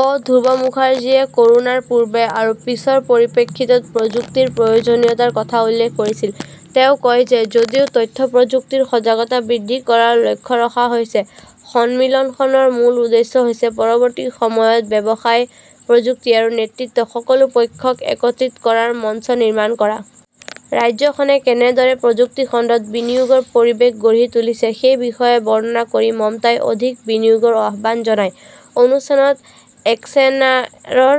অ, ধ্ৰুৱ মুখাৰ্জীয়ে কৰোনাৰ পূৰ্বে আৰু পিছৰ পৰিপ্ৰেক্ষিতত প্ৰযুক্তিৰ প্ৰয়োজনীয়তাৰ কথা উল্লেখ কৰিছিল। তেওঁ কয় যে যদিও তথ্য প্ৰযুক্তিৰ সজাগতা বৃদ্ধি কৰাৰ লক্ষ্য ৰখা হৈছে, সন্মিলনখনৰ মূল উদ্দেশ্য হৈছে পৰৱৰ্তী সময়ত ব্যৱসায়, প্ৰযুক্তি আৰু নেতৃত্ব, সকলো পক্ষক একত্ৰিত কৰাৰ মঞ্চ নিৰ্মাণ কৰা। ৰাজ্যখনে কেনেদৰে প্ৰযুক্তি খণ্ডত বিনিয়োগৰ পৰিৱেশ গঢ়ি তুলিছে সেই বিষয়ে বৰ্ণনা কৰি মমতাই অধিক বিনিয়োগৰ আহ্বান জনায়। অনুষ্ঠানত এক্সেঞ্চাৰৰ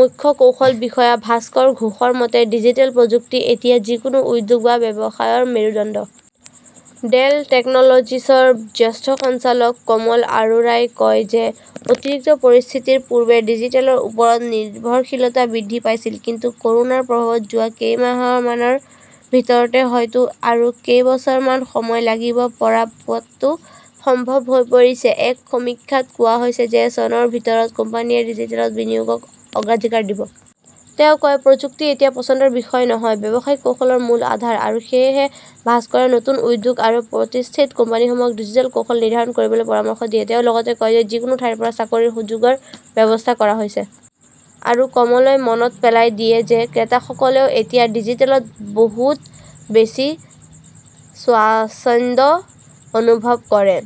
মুখ্য কৌশল বিষয়া ভাস্কৰ ঘোষৰ মতে, ডিজিটেল প্ৰযুক্তি এতিয়া যিকোনো উদ্যোগ বা ব্যৱসায়ৰ মেৰুদণ্ড। ডেল টেকনলজিছৰ জ্যেষ্ঠ সঞ্চালক কমল আৰোৰাই কয় যে অতিৰিক্ত পৰিস্থিতিৰ পূৰ্বে ডিজিটেলৰ ওপৰত নিৰ্ভৰশীলতা বৃদ্ধি পাইছিল। কিন্তু কৰোনাৰ প্ৰভাৱত যোৱা কেইমাহমানৰ ভিতৰতে হয়তো আৰু কেইবছৰমান সময় লাগিব পৰা পথটো সম্ভৱ হৈ পৰিছে। এক সমীক্ষাত কোৱা হৈছে যে চনৰ ভিতৰত কোম্পানীয়ে ডিজিটেলত বিনিয়োগক অগ্ৰাধিকাৰ দিব। তেওঁ কয়, প্ৰযুক্তি এতিয়া পছন্দৰ বিষয় নহয়। ব্যৱসায়িক কৌশলৰ মূল আধাৰ। আৰু সেয়েহে ভাস্কৰে নতুন উদ্যোগ আৰু প্ৰতিষ্ঠিত কোম্পানীসমূহক ডিজিটেল কৌশল নিৰ্ধাৰণ কৰিবলৈ পৰামৰ্শ দিয়ে। তেওঁ লগতে কয় যে যিকোনো ঠাইৰ পৰা চাকৰিৰ সুযোগৰ ব্যৱস্থা কৰা হৈছে। আৰু কমলই মনত পেলাই দিয়ে যে ক্ৰেতাসকলেও এতিয়া ডিজিটেলত বহুত বেছি স্বাচ্ছন্দ্য অনুভৱ কৰে।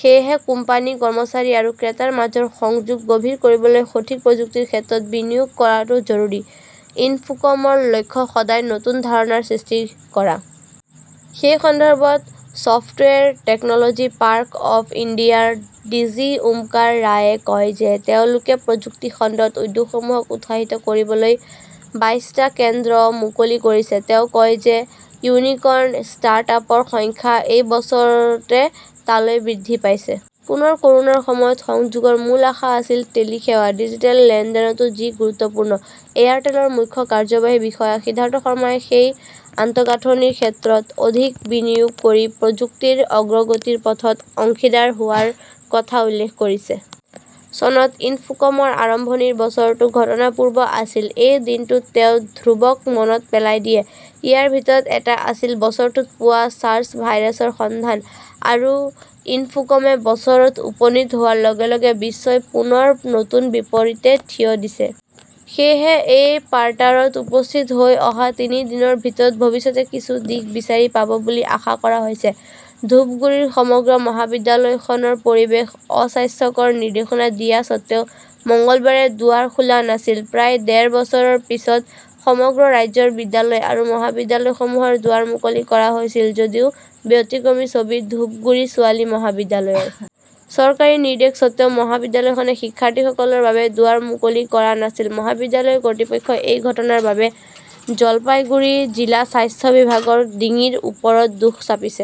সেয়েহে কোম্পানী, কৰ্মচাৰী আৰু ক্ৰেতাৰ মাজৰ সংযোগ গভীৰ কৰিবলৈ সঠিক প্ৰযুক্তিৰ ক্ষেত্ৰত বিনিয়োগ কৰাটো জৰুৰী। ইনফোকমৰ লক্ষ্য সদায় নতুন ধাৰণাৰ সৃষ্টি কৰা। সেই সন্দৰ্ভত ছফ্টৱেৰ টেকনলজি পাৰ্ক অৱ ইণ্ডিয়াৰ ডিজি ওমকাৰ ৰায়ে কয় যে তেওঁলোকে প্ৰযুক্তি খণ্ডত উদ্যোগসমূহক উৎসাহিত কৰিবলৈ বাইছ টা কেন্দ্ৰ মুকলি কৰিছে। তেওঁ কয় যে ইউনিকৰ্ণ ষ্টাৰ্ট-আপৰ সংখ্যা এই বছৰতে টালৈ বৃদ্ধি পাইছে। পুনৰ কৰোনাৰ সময়ত সংযোগৰ মূল আশা আছিল টেলি সেৱা। ডিজিটেল লেনদেনতো যি গুৰুত্বপূৰ্ণ। এয়াৰটেলৰ মুখ্য কাৰ্যবাহী বিষয়া সিদ্ধাৰ্থ শৰ্মাই সেই আন্তঃগাঁথনিৰ ক্ষেত্ৰত অধিক বিনিয়োগ কৰি প্ৰযুক্তিৰ অগ্ৰগতিৰ পথত অংশীদাৰ হোৱাৰ কথা উল্লেখ কৰিছে। চনত ইনফোকমৰ আৰম্ভণিৰ বছৰটো ঘটনাপূৰ্ণ আছিল, এই দিনটোত তেওঁ ধ্ৰুৱক মনত পেলাই দিয়ে। ইয়াৰ ভিতৰত এটা আছিল বছৰটোত পোৱা ছাৰ্চ ভাইৰাছৰ সন্ধান। আৰু ইনফোকমে বছৰত উপনীত হোৱাৰ লগে - লগে বিশ্বই পুনৰ নতুন বিপৰীতে থিয় দিছে। সেয়েহে এই পাৰ্টাৰত উপস্থিত হৈ অহা তিনি দিনৰ ভিতৰত ভৱিষ্যতে কিছু দিশ বিচাৰি পাব বুলি আশা কৰা হৈছে। ধূপগুড়ীৰ সমগ্ৰ মহাবিদ্যালয়খনৰ পৰিৱেশ অস্বাস্থ্যকৰ, নিৰ্দেশনা দিয়া স্বত্বেও মঙলবাৰে দুৱাৰ খোলা নাছিল প্ৰায় ডেৰ বছৰৰ পিছত সমগ্ৰ ৰাজ্যৰ বিদ্যালয় আৰু মহাবিদ্যালয়সমূহৰ দুৱাৰ মুকলি কৰা হৈছিল যদিও ব্যতিক্ৰমী ছবি ধূপগুৰি ছোৱালী মহাবিদ্যালয়ৰ। চৰকাৰী নিৰ্দেশ সত্বেও মহাবিদ্যালয়খনে শিক্ষাৰ্থীসকলৰ বাবে দুৱাৰ মুকলি কৰা নাছিল। মহাবিদ্যালয়ৰ কৰ্তৃপক্ষই এই ঘটনাৰ বাবে জলপাইগুৰি জিলা স্বাস্থ্য বিভাগৰ ডিঙিৰ ওপৰত দোষ চাপিছে।